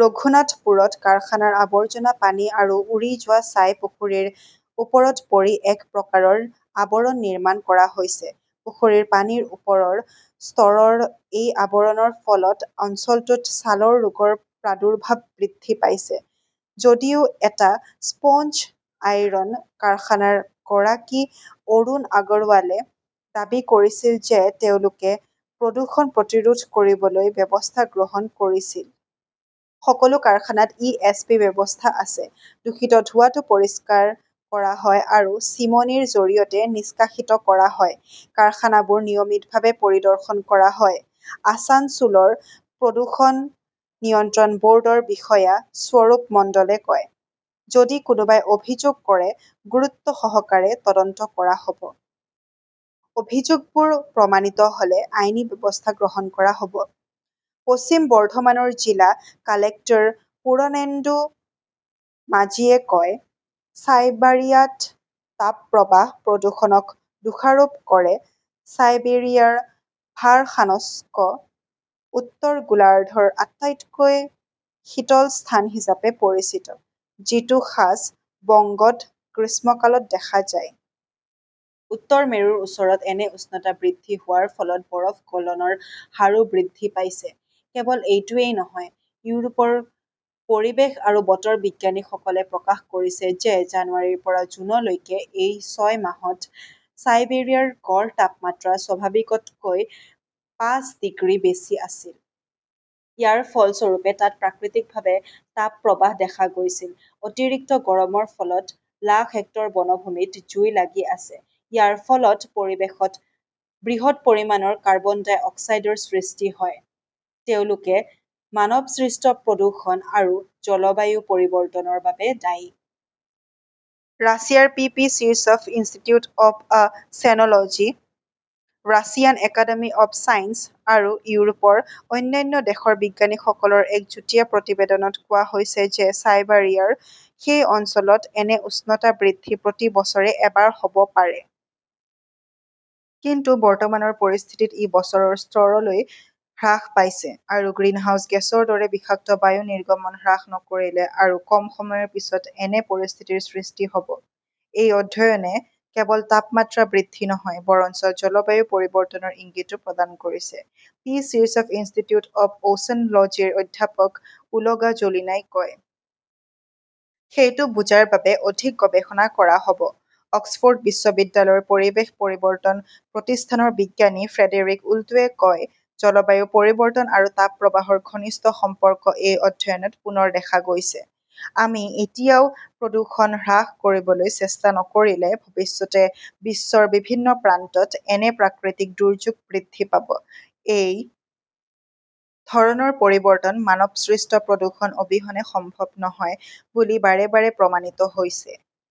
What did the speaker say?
ৰঘুনাথপুৰত কাৰখানাৰ আৱৰ্জনা পানী আৰু উৰি যোৱা ছাই পুখুৰীৰ ওপৰত পৰি এক প্ৰকাৰৰ আৱৰণ নিৰ্মাণ কৰা হৈছে। পুখুৰীৰ পানীৰ ওপৰৰ স্তৰৰ এই আৱৰণৰ ফলত অঞ্চলটোত ছালৰ ৰোগৰ প্ৰাদুৰ্ভাৱ বৃদ্ধি পাইছে। যদিও এটা স্পঞ্জ আইৰণ কাৰখানাৰ গৰাকী অৰুণ আগৰৱালে দাবী কৰিছিল যে তেওঁলোকে প্ৰদূষণ প্ৰতিৰোধ কৰিবলৈ ব্যৱস্থা গ্ৰহণ কৰিছিল। সকলো কাৰখানাত 'ইএছপি ব্যৱস্থা আছে। দূষিত ধোঁৱাটো পৰিষ্কাৰ কৰা হয় আৰু চিমনীৰ জৰিয়তে নিষ্কাশিত কৰা হয়। কাৰখানাবোৰ নিয়মিতভাৱে পৰিদৰ্শন কৰা হয়, আছানছোলৰ প্ৰদূষণ নিয়ন্ত্ৰণ বৰ্ডৰ বিষয়া স্বৰূপ মণ্ডলে কয়। যদি কোনোবাই অভিযোগ কৰে, গুৰুত্বসহকাৰে তদন্ত কৰা হব। অভিযোগবোৰ প্ৰমাণিত হলে আইনী ব্যৱস্থা গ্ৰহণ কৰা হব, পশ্চিম বৰ্ধমানৰ জিলা কালেক্টৰ পুৰণেন্দু মাজিৱে কয়, চাইবাৰিয়াত তাপপ্ৰবাহ, প্ৰদূষণক দোষাৰোপ কৰে চাইবেৰিয়াৰ ভাৰখানস্ক উত্তৰ গোলাৰ্ধৰ আটাইতকৈ শীতল স্থান হিচাপে পৰিচিত। যিটো খাছ বংগত গ্ৰীষ্মকালত দেখা যায়। উত্তৰ মেৰুৰ ওচৰত এনে উষ্ণতা বৃদ্ধি হোৱাৰ ফলত বৰফ গলনৰ হাৰো বৃদ্ধি পাইছে। কেৱল এইটোৱেই নহয়, ইউৰোপৰ পৰিৱেশ আৰু বতৰ বিজ্ঞানীসকলে প্ৰকাশ কৰিছে যে জানুৱাৰীৰ পৰা জুনলৈকে এই ছয় মাহত চাইবেৰিয়াৰ গড় তাপমাত্ৰা স্বাভাৱিকতকৈ পাঁচ ডিগ্ৰী বেছি আছিল। ইয়াৰ ফলস্বৰূপে তাত প্ৰাকৃতিকভাৱে তাপপ্ৰবাহ দেখা গৈছিল। অতিৰিক্ত গৰমৰ ফলত লাখ হেক্টৰ বনভূমিত জুই লাগি আছে। ইয়াৰ ফলত পৰিৱেশত বৃহৎ পৰিমাণৰ কাৰ্বন ডাই অক্সাইডৰ সৃষ্টি হয়। তেওঁলোকে মানৱসৃষ্ট প্ৰদূষণ আৰু জলবায়ু পৰিৱৰ্তনৰ বাবে দায়ী। ৰাছিয়াৰ P P Shirshov institute of 'oceanology, Russian academy of science আৰু ইউৰোপৰ অন্যান্য দেশৰ বিজ্ঞানীসকলৰ এক যুটীয়া প্ৰতিবেদনত কোৱা হৈছে যে চাইবাৰিয়াৰ সেই অঞ্চলত এনে উষ্ণতা বৃদ্ধি প্ৰতি বছৰে এবাৰ হ 'ব পাৰে। কিন্তু বৰ্তমানৰ পৰিস্থিতিত ই বছৰৰ স্তৰলৈ হ্ৰাস পাইছে আৰু গ্ৰিনহাউজ গেছৰ দৰে বিষাক্ত বায়ু নিৰ্গমন হ্ৰাস নকৰিলে আৰু কম সময়ৰ পিছত এনে পৰিস্থিতিৰ সৃষ্টি হ 'ব। এই অধ্যয়নে কেৱল তাপমাত্ৰা বৃদ্ধি নহয় বৰঞ্চ জলবায়ু পৰিৱৰ্তনৰ ইংগিতও প্ৰদান কৰিছে, পিপি চিৰছভ ইনষ্টিটিউট অৱ অচেন লজীৰ অধ্যাপক ওলগা জোলিনাই কয়। সেইটো বুজাৰ বাবে অধিক গৱেষণা কৰা হব। অক্সফ 'ৰ্ড বিশ্ববিদ্যালয়ৰ পৰিৱেশ পৰিৱৰ্তন প্ৰতিষ্ঠানৰ বিজ্ঞানী ফ্ৰেডেৰিক ওল্টোৱে কয়, জলবায়ু পৰিৱৰ্তন আৰু তাপপ্ৰবাহৰ ঘনিষ্ঠ সম্পৰ্ক এই অধ্যয়নত পুনৰ দেখা গৈছে। আমি এতিয়াও প্ৰদূষণ হ্ৰাস কৰিবলৈ চেষ্টা নকৰিলে-ভৱিষ্যতে বিশ্বৰ বিভিন্ন প্ৰান্তত এনে প্ৰাকৃতিক দুৰ্যোগ বৃদ্ধি পাব। এই ধৰণৰ পৰিৱৰ্তন মানৱসৃষ্ট প্ৰদূষণ অবিহনে সম্ভৱ নহয় বুলি বাৰে বাৰে প্ৰমাণিত হৈছে।